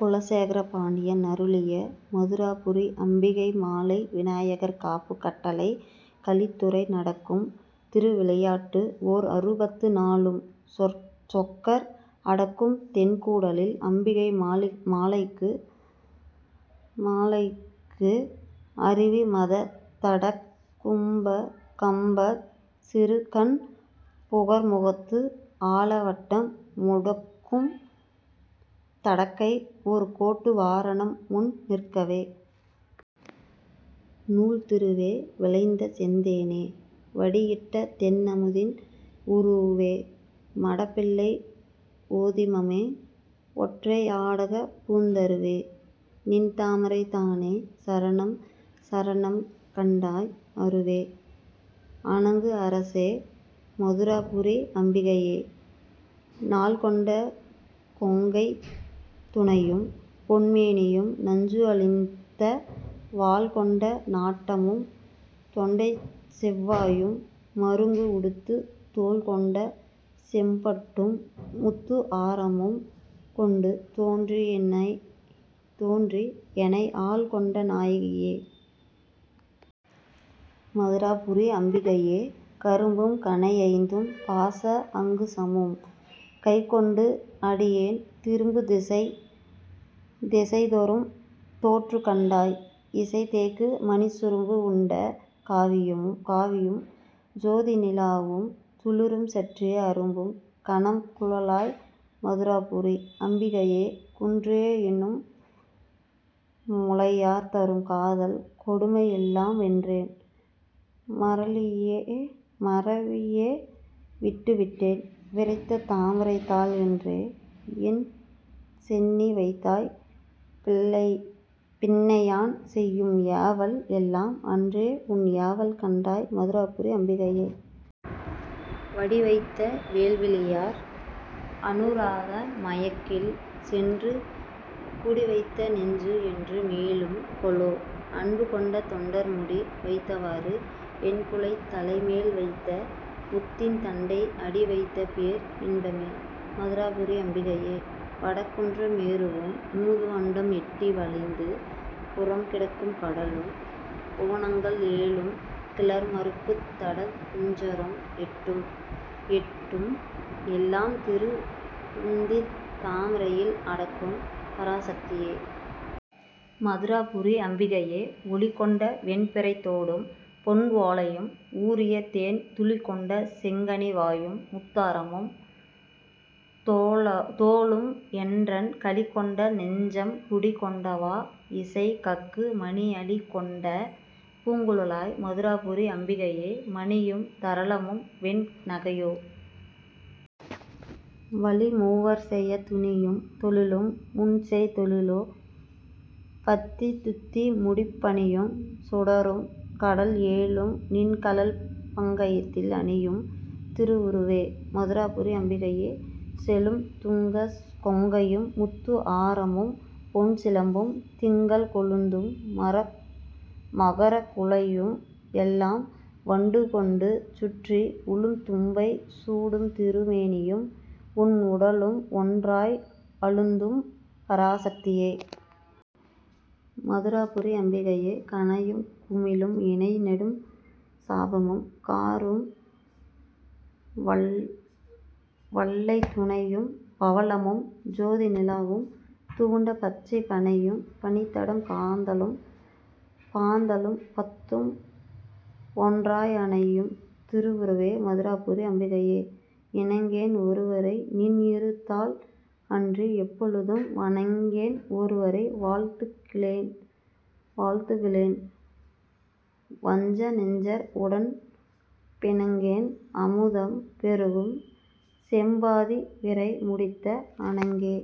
குலசேகர பாண்டியன் அருளிய மதுராபுரி அம்பிகை மாலை விநாயகர் காப்பு கட்டளைக் கலித்துறை நடக்கும் திரு விளையாட்டு ஓர் அறுபத்து நாலும் சொக்கர் அடக்கும் தென் கூடலில் அம்பிகை மாலைக்கு அருவி மதத், தடக் கும்ப, கம்பச், சிறு கண், புகர் முகத்து, ஆல வட்டம் முடக்கும் தடக்கை, ஒரு கோட்டு வாரணம் முன் நிற்கவே. நூல் திருவே! விளைந்த செந்தேனே! வடி இட்ட தெள் அமுதின் உருவே! மடப் பிள்ளை ஓதிமமே! ஒற்றை ஆடகப் பூந் தருவே! நின் தாமரைத் தாளே சரணம், சரணம் கண்டாய், அருவே! அணங்கு அரசே! மதுராபுரி அம்பிகையே!. நாள் கொண்ட கொங்கைத் துணையும், பொன் மேனியும், நஞ்சு அளித்த வாள் கொண்ட நாட்டமும், தொண்டைச் செவ் வாயும், மருங்கு உடுத்துத் தோள் கொண்ட செம் பட்டும், முத்து ஆரமும் கொண்டு தோன்றி எனை ஆள் கொண்ட நாயகியே! மதுராபுரி அம்பிகையே!. கரும்பும், கணை ஐந்தும், பாச அங்குசமும், கைக் கொண்டு அடியேன் திரும்பும் திசை தொறும் தோற்று கண்டாய் இசை தேக்கு மணிச் சுரும்பு உண்ட காவியும், சோதி நிலாவும், துளிரும் சற்றே அரும்பும் கனம் குழலாய்! மதுராபுரி அம்பிகையே!. குன்றே எனும் முலையார் தரும் காதல் கொடுமை எல்லாம் வென்றேன், மறலியை விட்டு விட்டேன், விரைத் தாமரைத் தாள் என்றே என் சென்னி வைத்தாய், பின்னை யான் செய்யும் ஏவல் எல்லாம் அன்றே உன் ஏவல் கண்டாய், மதுராபுரி அம்பிகையே!. வடி வைத்த வேல் விழியார் அநுராக மயக்கில் சென்று குடி வைத்த நெஞ்சு என்று மீளும் கொலோ! அன்பு கொண்ட தொண்டர் முடி வைத்தவாறு, என் புலைத் தலை மேல் வைத்த முத்தின் தண்டை அடி வைத்த பேர் இன்பமே! மதுராபுரி அம்பிகையே!. வடக் குன்ற மேருவும், மூது அண்டம் எட்டி வளைந்து புறம் கிடக்கும் கடலும், புவனங்கள் ஏழும், கிளர் மருப்புத் தடக் குஞ்சரம் எட்டும், எல்லாம் திரு உந்தித் தாமரையில் அடக்கும் பராசக்தியே! மதுராபுரி அம்பிகையே!. ஒளி கொண்ட வெண் பிறைத் தோடும், பொன் ஓலையும், ஊறிய தேன் துளி கொண்ட செங்கனி வாயும், முத்தாரமும், தோளும் என்றன் களி கொண்ட நெஞ்சம் குடி கொண்டவா இசை கக்கு மணி அளி கொண்ட பூங்குழலாய்! மதுராபுரி அம்பிகையே!. மணியும், தரளமும், வெண் நகையோ? வழி மூவர் செயத் துணியும், தொழிலும் உன் செய் தொழிலோ? பத்தித் துத்தி முடிப் பணியும், சுடரும், கடல் ஏழும் நின் கழல் பங்கயத்தில் அணியும் திரு உருவே! மதுராபுரி அம்பிகையே!. செழும் துங்கக் கொங்கையும், முத்து ஆரமும், பொன் சிலம்பும், திங்கள் கொழுந்தும், மகரக் குழையும் எல்லாம், வண்டு கொண்டு சுற்றி உழும் தும்பை சூடும் திரு மேனியும், உன் உடலும் ஒன்றாய் அழுந்தும் பராசக்தியே! மதுராபுரி அம்பிகையே!. கணையும், குமிழும், இணை நெடும் சாபமும், காரும், வள்ளைத் துணையும், பவளமும், சோதி நிலாவும், துவண்ட பச்சைப் பணையும், பனித் தடம் காந்தளும், பாந்தளும் பத்தும் ஒன்றாய் அணையும் திரு உருவே! மதுராபுரி அம்பிகையே!. இணங்கேன் ஒருவரை; நின் இரு தாள் அன்றி எப்பொழுதும் வணங்கேன் ஒருவரை வாழ்த்துகிலேன்; வஞ்ச நெஞ்சர் உடன் பிணங்கேன் அமுதம் பெருகும் செம் பாதிப் பிறை முடித்த அணங்கே!